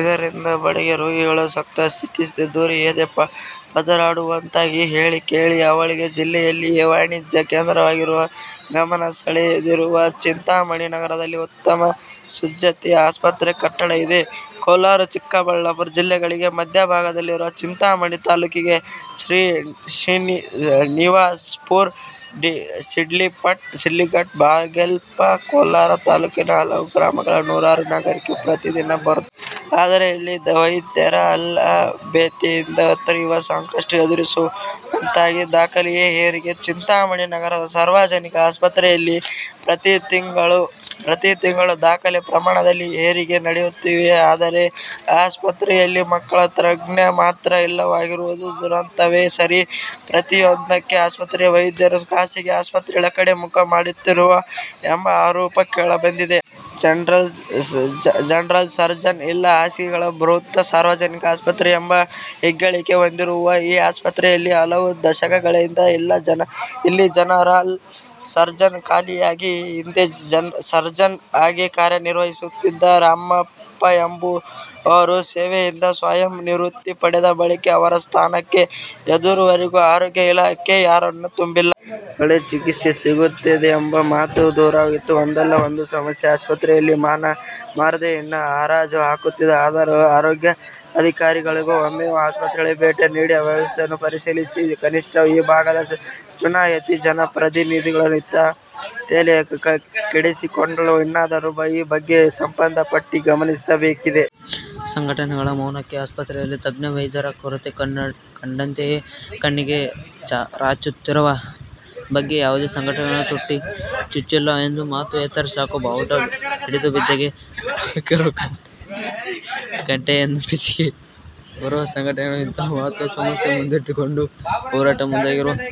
ಇದರಿಂದ ಬಡ ರೋಗಿಗಳಿಗೆ ಸೂಕ್ತ ಚಿಕಿತ್ಸೆ ದೊರೆಯದೇ ಪರದಾಡುವಂತಾಗಿದೆ. ಹೇಳಿ, ಕೇಳಿ ಅವಳಿ ಜಿಲ್ಲೆಯಲ್ಲಿಯೇ ವಾಣಿಜ್ಯ ಕೇಂದ್ರವಾಗಿರುವ ಗಮನ ಸೆಳೆದಿರುವ ಚಿಂತಾಮಣಿ ನಗರದಲ್ಲಿ ಉತ್ತಮ ಸುಸಜ್ಜಿತ ಆಸ್ಪತ್ರೆ ಕಟ್ಟಡ ಇದೆ. ಕೋಲಾರ-ಚಿಕ್ಕಬಳ್ಳಾಪುರ ಜಿಲ್ಲೆಗಳಿಗೆ ಮಧ್ಯಭಾಗದಲ್ಲಿರುವ ಚಿಂತಾಮಣಿ ತಾಲೂಕಿಗೆ ಶ್ರೀನಿವಾಸಪುರ, ಶಿಡ್ಲಘಟ್ಟ, ಬಾಗೇಪಲ್ಲಿ, ಕೋಲಾರ ತಾಲೂಕಿನ ಹಲವು ಗ್ರಾಮಗಳ ನೂರಾರು ನಾಗರಿಕರು ಪ್ರತಿದಿನ ಬರುತ್ತಾರೆ. ಆದರೆ ಇಲ್ಲಿ ವೈದ್ಯರ ಅಲಭ್ಯತೆಯಿಂದ ತೀವ್ರ ಸಂಕಷ್ಟ ಎದುರಿಸುವಂತಾಗಿದೆ. ದಾಖಲೆಯ ಹೆರಿಗೆ: ಚಿಂತಾಮಣಿ ನಗರದ ಸಾರ್ವಜನಿಕ ಆಸ್ಪತ್ರೆಯಲ್ಲಿ ಪ್ರತಿ ತಿಂಗಳು ದಾಖಲೆ ಪ್ರಮಾಣದಲ್ಲಿ ಹೆರಿಗೆ ನಡೆಯುತ್ತೇವೆ. ಆದರೆ ಈ ಆಸ್ಪತ್ರೆಯಲ್ಲಿ ಮಕ್ಕಳ ತಜ್ಞರು ಮಾತ್ರ ಇಲ್ಲವಾಗಿರುವುದು ದುರಂತವೇ ಸರಿ. ಪ್ರತಿಯೊಂದಕ್ಕೂ ಆಸ್ಪತ್ರೆಯ ವೈದ್ಯರು ಖಾಸಗಿ ಆಸ್ಪತ್ರೆಗಳ ಕಡೆ ಮುಖ ಮಾಡಿಸುತ್ತಾರೆ ಎಂಬ ಆರೋಪ ಕೇಳಿಬಂದಿದೆ. ಜನರಲ್ ಸರ್ಜನ್ ಇಲ್ಲ: ಹಾಸಿಗೆಗಳ ಬೃಹತ್ ಸಾರ್ವಜನಿಕ ಆಸ್ಪತ್ರೆ ಎಂಬ ಹೆಗ್ಗಳಿಕೆ ಹೊಂದಿರುವ ಈ ಆಸ್ಪತ್ರೆಯಲ್ಲಿ ಹಲವು ದಶಕಗಳಿಂದ ಇಲ್ಲಿ ಜನರಲ್ ಸರ್ಜನ್ ಖಾಲಿಯಾಗಿದೆ. ಈ ಹಿಂದೆ ಸರ್ಜನ್ ಆಗಿ ಕಾರ್ಯನಿರ್ವಹಿಸುತ್ತಿದ್ದ ರಾಮಪ್ಪಎಂಬುವರು ಸೇವೆಯಿಂದ ಸ್ವಯಂ ನಿವೃತ್ತಿ ಪಡೆದ ಬಳಿಕ ಅವರ ಸ್ಥಾನಕ್ಕೆ ಇದುವರೆಗೂ ಆರೋಗ್ಯ ಇಲಾಖೆ ಯಾರನ್ನು ತುಂಬಿಲ್ಲ. ಒಳ್ಳೆ ಚಿಕಿತ್ಸೆ ಸಿಗುತ್ತದೆಯೆಂಬ ಮಾತು ದೂರವಾಗುತ್ತಿದೆ. ಒಂದಲ್ಲ ಒಂದು ಸಮಸ್ಯೆ ಆಸ್ಪತ್ರೆಯ ಮಾನ ಮರ್ಯಾದೆಯನ್ನು ಹರಾಜು ಹಾಕುತ್ತಿದೆ. ಆದರೂ ಆರೋಗ್ಯಾಧಿಕಾರಿಗಳು ಒಮ್ಮೆಯೂ ಆಸ್ಪತ್ರೆಗೆ ಭೇಟಿ ನೀಡಿ ಅವ್ಯವಸ್ಥೆ ಪರಿಶೀಲಿಸಿಲ್ಲ. ಕನಿಷ್ಠ ಈ ಭಾಗದ ಚುನಾಯಿತ ಜನಪ್ರತಿನಿಧಿಗಳು ಇತ್ತ ತಲೆ ಕೆಡಿಸಿಕೊಂಡಿಲ್ಲ. ಇನ್ನಾದರೂ ಈ ಬಗ್ಗೆ ಸಂಬಂಧಪಟ್ಟವರು ಗಮನಿಸಬೇಕಿದೆ. ಸಂಘಟನೆಗಳ ಮೌನವೇಕೆ?: ಆಸ್ಪತ್ರೆಯಲ್ಲಿ ತಜ್ಞ ವೈದ್ಯರ ಕೊರತೆ ಕನ್ನಡಿಯಂತೆ ಕಣ್ಣಿಗೆ ರಾಚುತ್ತಿದ್ದರೂ ಈ ಬಗ್ಗೆ ಯಾವುದೇ ಸಂಘಟನೆಗಳು ತುಟಿ ಬಿಚ್ಚುತ್ತಿಲ್ಲ. ಮಾತು ಎತ್ತರೆ ಸಾಕು ಬಾವುಟ ಹಿಡಿದು ಬೀದಿಗೆ ಬರುವ ಸಂಘಟನೆಗಳು ಇತಂಹ ಮಹತ್ವದ ಸಮಸ್ಯೆಗಳನ್ನು ಮುಂದಿಟ್ಟುಕೊಂಡು ಹೋರಾಟಕ್ಕೆ ಮುಂದಾಗದಿರುವುದು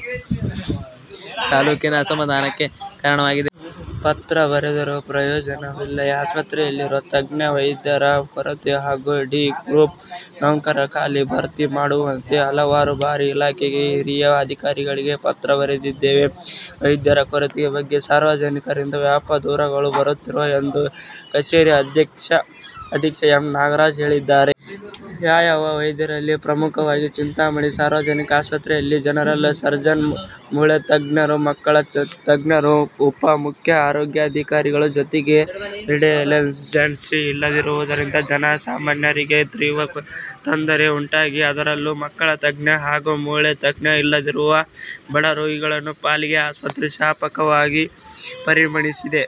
ತಾಲೂಕಿನ ಜನರ ಅಸಮಾಧಾನಕ್ಕೆ ಕಾರಣವಾಗಿದೆ. ಪತ್ರ ಬರೆದರೂ ಪ್ರಯೋಜನವಿಲ್ಲ: ಆಸ್ಪತ್ರೆಯಲ್ಲಿರುವ ತಜ್ಞ ವೈದ್ಯರ ಕೊರತೆ ಹಾಗೂ ಡಿ ಗ್ರೂಪ್ ನೌಕರರ ಖಾಲಿ ಭರ್ತಿ ಮಾಡುವಂತೆ ಹಲವಾರು ಬಾರಿ ಇಲಾಖೆಗೆ ಹಿರಿಯ ಅಧಿಕಾರಿಗಳಿಗೆ ಪತ್ರ ಬರೆದಿದ್ದೇವೆ. ವೈದ್ಯರ ಕೊರತೆ ಬಗ್ಗೆ ಸಾರ್ವಜನಿಕರಿಂದ ವ್ಯಾಪಕ ದೂರುಗಳು ಬರುತ್ತಿವೆ ಎಂದು ಕಚೇರಿ ಅಧೀಕ್ಷಕ ಎಂ. ನಾಗರಾಜ್ ಹೇಳಿದ್ದಾರೆ. ಯಾವ್ಯಾವ ವೈದ್ಯರಿಲ್ಲ? ಪ್ರಮುಖವಾಗಿ ಚಿಂತಾಮಣಿ ಸಾರ್ವಜನಿಕ ಆಸ್ಪತ್ರೆಯಲ್ಲಿ ಜನರಲ್ ಸರ್ಜನ್, ಮೂಳೆ ತಜ್ಞರು, ಮಕ್ಕಳ ತಜ್ಞರು, ಉಪ ಮುಖ್ಯ ಆರೋಗ್ಯಾಧಿಕಾರಿಗಳು ಜೊತೆಗೆ ರೆಡಿಯಾಲಾಜಿಸ್ಟ್ ಇಲ್ಲದಿರುವುದರಿಂದ ಜನ ಸಾಮಾನ್ಯರಿಗೆ ತೀವ್ರ ತೊಂದರೆ ಉಂಟಾಗಿದೆ. ಅದರಲ್ಲೂ ಮಕ್ಕಳ ತಜ್ಞರು ಹಾಗೂ ಮೂಳೆ ತಜ್ಞರು ಇಲ್ಲದಿರುವುದು ಬಡ ರೋಗಿಗಳು ಪಾಲಿಗೆ ಆಸ್ಪತ್ರೆ ಶಾಪವಾಗಿ ಪರಿಣಮಿಸಿದೆ.